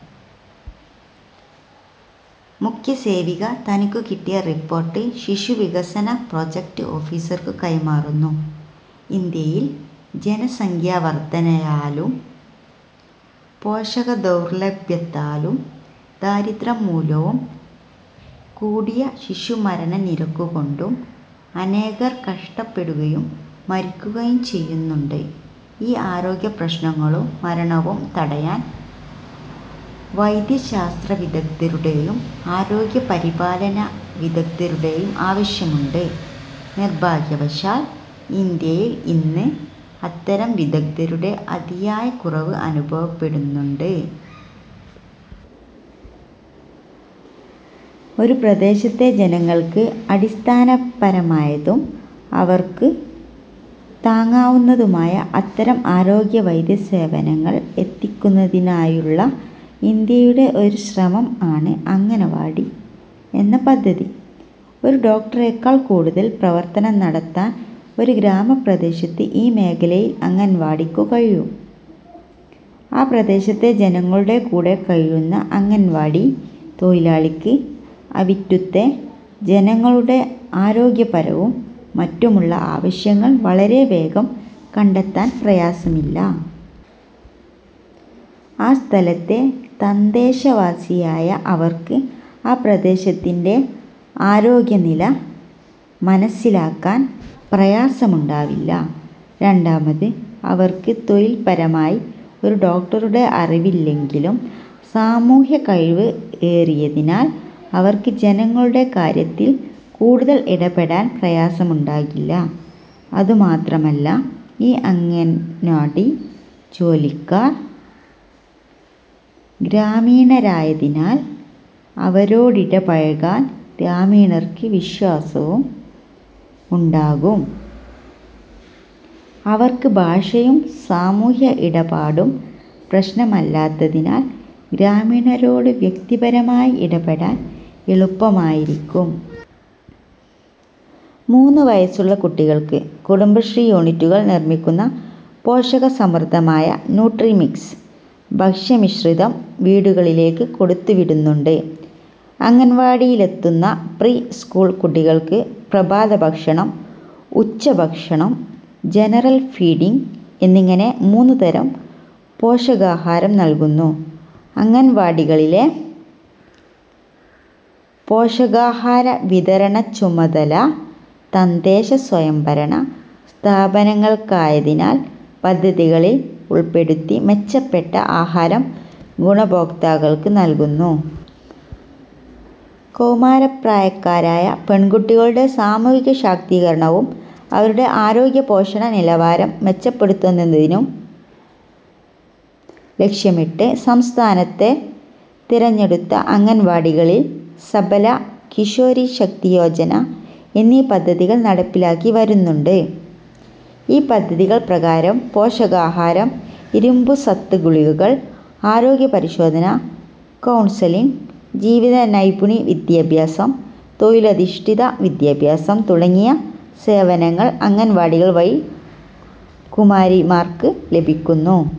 മുഖ്യസേവിക തനിക്കുകിട്ടിയ റിപ്പോർട്ട് ശിശുവികസന പ്രൊജക്റ്റ് ഓഫീസർക്കു കൈമാറുന്നു. ഇന്ത്യയിൽ ജനസംഖ്യവർദ്ധനയാലും പോഷകദൗർലഭ്യത്താലും ദാരിദ്ര്യം മൂലവും കൂടിയ ശിശുമരണനിരക്കുകൊണ്ടും അനേകർ കഷ്ടപ്പെടുകയും മരിക്കുകയും ചെയ്യുന്നുണ്ട്. ഈ ആരോഗ്യപ്രശ്നങ്ങളും മരണവും തടയാൻ വൈദ്യശാസ്ത്രവിദഗ്ദ്ധരുടെയും ആരോഗ്യപരിപാലന വിദഗ്ദ്ധരുടെയും ആവശ്യമുണ്ട്. നിർഭാഗ്യവശാൽ, ഇന്ത്യയിൽ ഇന്ന് അത്തരം വിദഗ്ദ്ധരുടെ അതിയായ കുറവ് അനുഭവപ്പെടുന്നുണ്ട്. ഒരു പ്രദേശത്തെ ജനങ്ങൾക്ക് അടിസ്ഥാനപരമായതും അവർക്കു താങ്ങാവുന്നതുമായ അത്തരം ആരോഗ്യ വൈദ്യസേവനങ്ങൾ എത്തിക്കുന്നതിനായുള്ള ഇന്ത്യയുടെ ഒരു ശ്രമം ആണ് അംഗൻവാടി എന്ന പദ്ധതി. ഒരു ഡോക്ടറേക്കാൾ കൂടുതൽ പ്രവർത്തനം നടത്താൻ ഒരു ഗ്രാമപ്രദേശത്ത് ഈ മേഖലയിൽ അംഗൻവാടിക്കു കഴിയും. ആ പ്രദേശത്തെ ജനങ്ങളുടെ കൂടെ കഴിയുന്ന അംഗൻവാടി തൊഴിലാളിക്ക് അവിറ്റുത്തെ ജനങ്ങളുടെ ആരോഗ്യപരവും മറ്റുമുള്ള ആവശ്യങ്ങൾ വളരെവേഗം കണ്ടെത്താൻ പ്രയാസമില്ല. ആ സ്ഥലത്തെ തദ്ദേശവാസിയായ അവർക്ക് ആ പ്രദേശത്തിന്റെ ആരോഗ്യനില മനസ്സിലാക്കാൻ പ്രയാസമുണ്ടാവില്ല. രണ്ടാമത്, അവർക്ക് തൊഴില്പരമായി ഒരു ഡോക്ടറുടെ അറിവില്ലെങ്കിലും സാമൂഹ്യകഴിവ് ഏറിയതിനാൽ അവർക്ക് ജനങ്ങളുടെ കാര്യത്തിൽ കൂടുതൽ ഇടപെടാൻ പ്രയാസമുണ്ടാകില്ല. അതുമാത്രമല്ല ഈ അംഗൻവാടി ജോലിക്കാർ ഗ്രാമീണരായതിനാൽ അവരോടിടപഴകാൻ ഗ്രാമീണർക്ക് വിശ്വാസവും ഉണ്ടാകും. അവർക്ക് ഭാഷയും സാമൂഹ്യ ഇടപാടും പ്രശ്നമല്ലാത്തതിനാൽ ഗ്രാമീണരോടു വ്യക്തിപരമായി ഇടപെടാൻ എളുപ്പമായിരിക്കും. മൂന്നു വയസ്സുള്ള കുട്ടികൾക്ക് കുടുംബശ്രീ യൂണിറ്റുകൾ നിർമ്മിക്കുന്ന പോഷക സമൃദ്ധമായ 'ന്യൂട്രിമിക്സ്' ഭക്ഷ്യമിശ്രിതം വീടുകളിലേക്ക് കൊടുത്തുവിടുന്നുണ്ട്. അംഗൻവാടിയിലെത്തുന്ന പ്രീ സ്കൂൾ കുട്ടികൾക്ക് പ്രഭാതഭക്ഷണം, ഉച്ചഭക്ഷണം, ജനറൽ ഫീഡിംഗ് എന്നിങ്ങനെ മൂന്നുതരം പോഷകാഹാരം നൽകുന്നു. അംഗൻവാടികളിലെ പോഷകാഹാര വിതരണച്ചുമതല തദ്ദേശ സ്വയംഭരണ സ്ഥാപനങ്ങൾക്കായതിനാൽ പദ്ധതികളിൽ ഉൾപ്പെടുത്തി മെച്ചപ്പെട്ട ആഹാരം ഗുണഭോക്താക്കൾക്ക് നൽകുന്നു. കൗമാരപ്രായക്കാരായ പെൺകുട്ടികളുടെ സാമൂഹിക ശാക്തീകരണവും, അവരുടെ ആരോഗ്യ പോഷണ നിലവാരം മെച്ചപ്പെടുത്തുന്നതിനും ലക്ഷ്യമിട്ട്, സംസ്ഥാനത്തെ തെരഞ്ഞെടുത്ത അംഗൻവാടികളിൽ, 'സബല' 'കിഷോരി ശക്തിയോജന' എന്നീ പദ്ധതികൾ നടപ്പിലാക്കി വരുന്നുണ്ട്. ഈ പദ്ധതികൾ പ്രകാരം, പോഷകാഹാരം, ഇരുമ്പ് സത്ത് ഗുളികകൾ, ആരോഗ്യ പരിശോധന, കൗൺസലിംഗ്, ജീവിത നൈപുണി വിദ്യാഭ്യാസം, തൊഴിലിധഷ്ഠിത വിദ്യാഭ്യാസം തുടങ്ങിയ സേവനങ്ങൾ അംഗൻവാടികൾ വഴി കുമാരിമാർക്ക് ലഭിക്കുന്നു.